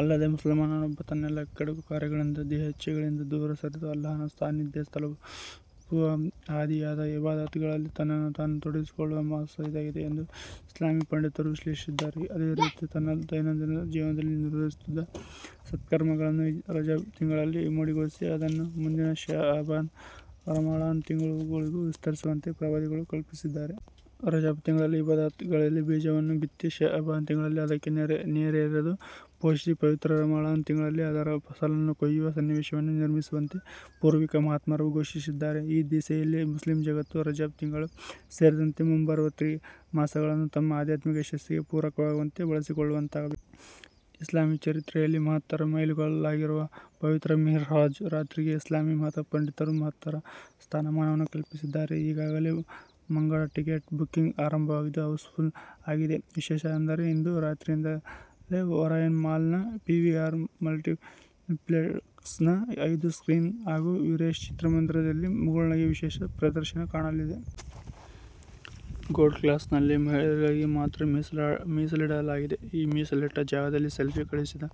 ಅಲ್ಲದೆ ಮುಸಲ್ಮಾನನೊಬ್ಬ ತನ್ನೆಲ್ಲ ಕೆಡುಕು ಕಾರ್ಯಗಳಿಂದ, ದೇಹೇಚ್ಛೆಗಳಿಂದ ದೂರ ಸರಿದು, ಅಲ್ಲಾಹನ ಸಾನ್ನಿಧ್ಯ ತಲುಪುವ ಹಾದಿಯಾದ ಇಬಾದತ್ ಗಳಲ್ಲಿ ತನ್ನನ್ನು ತಾನು ತೊಡಗಿಸಿಕೊಳ್ಳುವ ಮಾಸ ಇದಾಗಿದೆ ಎಂದು ಇಸ್ಲಾಮೀ ಪಂಡಿತರು ವಿಶ್ಲೇಷಿದ್ದಾರೆ. ಅದೇ ರೀತಿ ತನ್ನ ದೈನಂದಿನ ಜೀವನದಲ್ಲಿ ನಿರ್ವಹಿಸುತ್ತಿದ್ದ ಸತ್ಕರ್ಮಗಳನ್ನು ರಜಬ್ ತಿಂಗಳಲ್ಲಿ ಇಮ್ಮಡಿಗೊಳಿಸಿ ಅದನ್ನು ಮುಂದಿನ ಶಅಬಾನ್, ರಮಳಾನ್ ತಿಂಗಳುಗಳಿಗೂ ವಿಸ್ತರಿಸುವಂತೆ ಪ್ರವಾದಿಗಳು ಕಲ್ಪಿಸಿದ್ದಾರೆ. ರಜಬ್ ತಿಂಗಳಲ್ಲಿ ಇಬಾದತ್ ಗಳಿಗೆ ಬೀಜವನ್ನು ಬಿತ್ತಿ, ಶಅಬಾನ್ ತಿಂಗಳಲ್ಲಿ ಅದಕ್ಕೆ ನೇರೆರೆದು ಪೋಷಿಸಿ, ಪವಿತ್ರ ರಮಳಾನ್ ತಿಂಗಳಲ್ಲಿ ಅದರ ಫಸಲನ್ನು ಕೊಯ್ಯುವ ಸನ್ನಿವೇಶವನ್ನು ನಿರ್ಮಿಸುವಂತೆ ಪೂರ್ವಿಕ ಮಹಾತ್ಮರು ಘೋಷಿಸಿದ್ದಾರೆ. ಈ ದಿಸೆಯಲ್ಲಿ ಮುಸ್ಲಿಂ ಜಗತ್ತು ರಜಬ್ ತಿಂಗಳು ಸೇರಿದಂತೆ ಮುಂಬರುವ ತ್ರಿಮಾಸಗಳನ್ನು ತಮ್ಮ ಆಧ್ಯಾತ್ಮಿಕ ಯಶಸ್ಸಿಗೆ ಪೂರಕವಾಗುವಂತೆ ಬಳಸಿಕೊಳ್ಳುವಂತಾಗಬೇಕು. ಇಸ್ಲಾಮೀ ಚರಿತ್ರೆಯಲ್ಲಿ ಮಹತ್ತರ ಮೈಲುಗಲ್ಲಾಗಿರುವ ಪವಿತ್ರ ಮಿಹ್ರಾಜ್ ರಾತ್ರಿಗೆ ಇಸ್ಲಾಮೀ ಮತ ಪಂಡಿತರು ಮಹತ್ತರ ಸ್ಥಾನಮಾನವನ್ನು ಕಲ್ಪಿಸಿದ್ದಾರೆ. ಈಗಾಗಲೇ ಮುಂಗಡ ಟಿಕೆಟ್ ಬುಕ್ಕಿಂಗ್ ಆರಂಭವಾಗಿದ್ದು, ಹೌಸ್ ಫುಲ್ ಆಗಿದೆ. ವಿಶೇಷ ಅಂದರೆ ಇಂದು ರಾತ್ರಿಯಿಂದಲೇ ಒರಾಯನ್ ಮಾಲ್ನ ಪಿವಿಆರ್ ಮಲ್ಟಿಪ್ಲೆಕ್ಸ್ ನ ಐದು ಸ್ಕ್ರೀನ್ ಹಾಗೂ ವಿರೇಶ ಚಿತ್ರಮಂದಿರದಲ್ಲಿ ಮುಗುಳುನಗೆ ವಿಶೇಷ ಪ್ರದರ್ಶನ ಕಾಣಲಿದೆ. ಗೋಲ್ಡ್ ಕ್ಲಾಸ್ ನಲ್ಲಿ ಮಹಿಳೆಯರಿಗಾಗಿ ಮಾತ್ರ ಮೀಸಲಿಡಲಾಗಿದೆ. ಈ ಮೀಸಲಿಟ್ಟ ಜಾಗದಲ್ಲಿ ಸೆಲ್ಫಿ ಕಳುಹಿಸಿದ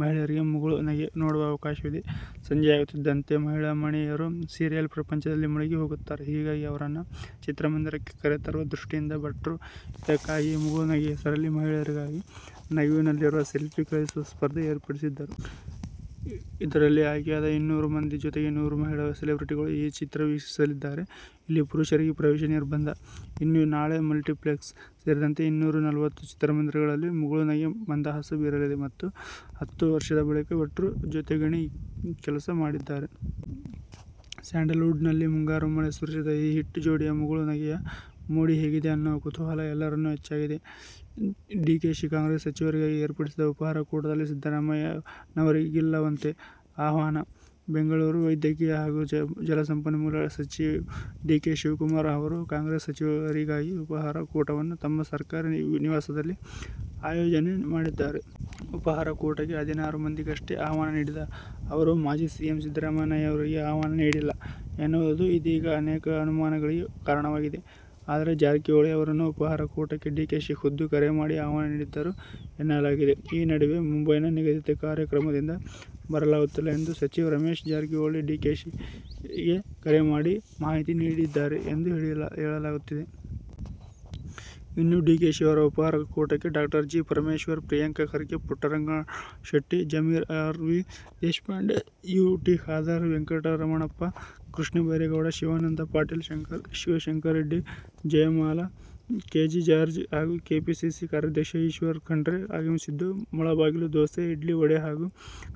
ಮಹಿಳೆಯರಿಗೆ ಮುಗುಳು ನಗೆ' ನೋಡುವ ಅವಕಾಶವಿದೆ. ಸಂಜೆಯಾಗುತ್ತಿದ್ದಂತೆ ಮಹಿಳಾಮಣಿಯರು ಸೀರಿಯಲ್ ಪ್ರಪಂಚದಲ್ಲಿ ಮುಳುಗಿ ಹೋಗುತ್ತಾರೆ. ಹೀಗಾಗಿ ಅವರನ್ನ ಚಿತ್ರಮಂದಿರಕ್ಕೆ ಕರೆತರುವ ದೃಷ್ಟಿಯಿಂದ ಭಟ್ರು ಇದಕ್ಕಾಗಿಯೇ ಮುಗುಳು ನಗೆ' ಹೆಸರಲ್ಲಿ ಮಹಿಳೆಯರಿಗಾಗಿ ನಗುವಿನಲ್ಲಿರುವ ಸೆಲ್ಫೀ ಕಳುಹಿಸುವ ಸ್ಪರ್ಧೆ ಏರ್ಪಡಿಸಿದ್ದರು. ಇದರಲ್ಲಿ ಆಯ್ಕೆಯಾದ ಇನ್ನೂರು ಮಂದಿ ಜೊತೆಗೆ ನೂರು ಮಹಿಳಾ ಸೆಲೆಬ್ರಿಟಿಗಳು ಈ ಚಿತ್ರ ವೀಕ್ಷಿಸಲಿದ್ದಾರೆ. ಇಲ್ಲಿ ಪುರುಷರಿಗೆ ಪ್ರವೇಶ ನಿರ್ಬಂಧ. ಇನ್ನು ನಾಳೆ ಮಲ್ಟಿಪ್ಲೆಕ್ಸ್ ಸೇರಿದಂತೆ ಇನ್ನೂರ ನಲವತ್ತು ಚಿತ್ರಮಂದಿರಗಳಲ್ಲಿ ಮುಗುಳು ನಗೆ ಮಂದಹಾಸ ಬೀರಲಿದೆ. ಹತ್ತು ವರ್ಷದ ಬಳಿಕ ಭಟ್ರು ಜೊತೆ ಗಣಿ ಕೆಲಸ ಮಾಡಿದ್ದಾರೆ. ಸ್ಯಾಂಡಲ್ ವುಡ್ ನಲ್ಲಿ ಮುಂಗಾರು ಮಳೆ ಸುರಿಸಿದ ಈ ಹಿಟ್ ಜೋಡಿಯ ಮುಗುಳು ನಗೆ'ಯ ಮೋಡಿ ಹೇಗಿದೆ ಅನ್ನೋ ಕುತೂಹಲ ಎಲ್ಲರಲ್ಲೂ ಹೆಚ್ಚಾಗಿದೆ. ಡಿಕೆಶಿ ಕಾಂಗ್ರೆಸ್ ಸಚಿವರಿಗಾಗಿ ಏರ್ಪಡಿಸಿದ ಉಪಹಾರ ಕೂಟದಲ್ಲಿ ಸಿದ್ದರಾಮಯ್ಯನವರಿಗಿಲ್ಲವಂತೆ ಆಹ್ವಾನ. ಬೆಂಗಳೂರು: ವೈದ್ಯಕೀಯ ಹಾಗೂ ಜಲಸಂಪನ್ಮೂಲ ಸಚಿವ ಡಿ. ಕೆ. ಶಿವಕುಮಾರ್ ಅವರು ಕಾಂಗ್ರೆಸ್ ಸಚಿವರಿಗಾಗಿ ಉಪಹಾರ ಕೂಟವನ್ನು ತಮ್ಮ ಸರ್ಕಾರಿ ನಿವಾಸದಲ್ಲಿ ಆಯೋಜನೆ ಮಾಡಿದ್ದಾರೆ. ಉಪಹಾರ ಕೂಟಕ್ಕೆ ಹದಿನಾರು ಮಂದಿಗಷ್ಟೆ ಆಹ್ವಾನ ನೀಡಿದ ಅವರು ಮಾಜಿ ಸಿಎಂ ಸಿದ್ದರಾಮಯ್ಯನವರಿಗೆ ಆಹ್ವಾನ ನೀಡಿಲ್ಲ, ಎನ್ನುವುದು ಇದೀಗ ಅನೇಕ ಅನುಮಾನಗಳಿಗೆ ಕಾರಣವಾಗಿದೆ. ಆದರೆ ಜಾರಕಿಹೊಳಿ ಅವರನ್ನು ಉಪಹಾರ ಕೂಟಕ್ಕೆ ಡಿಕೆಶಿ ಖುದ್ದು ಕರೆ ಮಾಡಿ ಆಹ್ವಾನ ನೀಡಿದ್ದರು ಎನ್ನಲಾಗಿದೆ. ಈ ನಡುವೆ ಮುಂಬೈನ ನಿಗದಿತ ಕಾರ್ಯಕ್ರಮದಿಂದ ಬರಲಾಗುತ್ತಿಲ್ಲ ಎಂದು ಸಚಿವ ರಮೇಶ್ ಜಾರಕಿಹೊಳಿ ಡಿಕೆಶಿಗೆ ಕರೆ ಮಾಡಿ ಮಾಹಿತಿ ನೀಡಿದ್ದಾರೆ ಎಂದು ಹೇಳಲಾಗುತ್ತಿದೆ. ಇನ್ನು ಡಿಕೆಶಿಯವರ ಉಪಹಾರ ಕೂಟಕ್ಕೆ Dr. G. Parameshwar, Priyank Kharge, Puttarangashetty, Zameer, R. V. Deshpande, U. T Khader, Venkataramanappa, Krishna Byregowda, Shivananda Patil, Shankar, Shivashankara Reddy, Jayamala, K. J George, ಹಾಗೂ ಕೆಪಿಸಿಸಿ ಕಾರ್ಯಾಧ್ಯಕ್ಷ ಈಶ್ವರ್ ಖಂಡ್ರೆ ಆಗಮಿಸಿದ್ದು, ಮುಳಬಾಗಿಲು ದೋಸೆ, ಇಡ್ಲಿ-ವಡೆ ಹಾಗೂ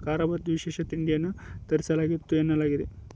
ಕಾರಬಾತ್ ವಿಶೇಷ ತಿಂಡಿಯನ್ನು ತರಿಸಲಾಗಿತ್ತು ಎನ್ನಲಾಗಿದೆ.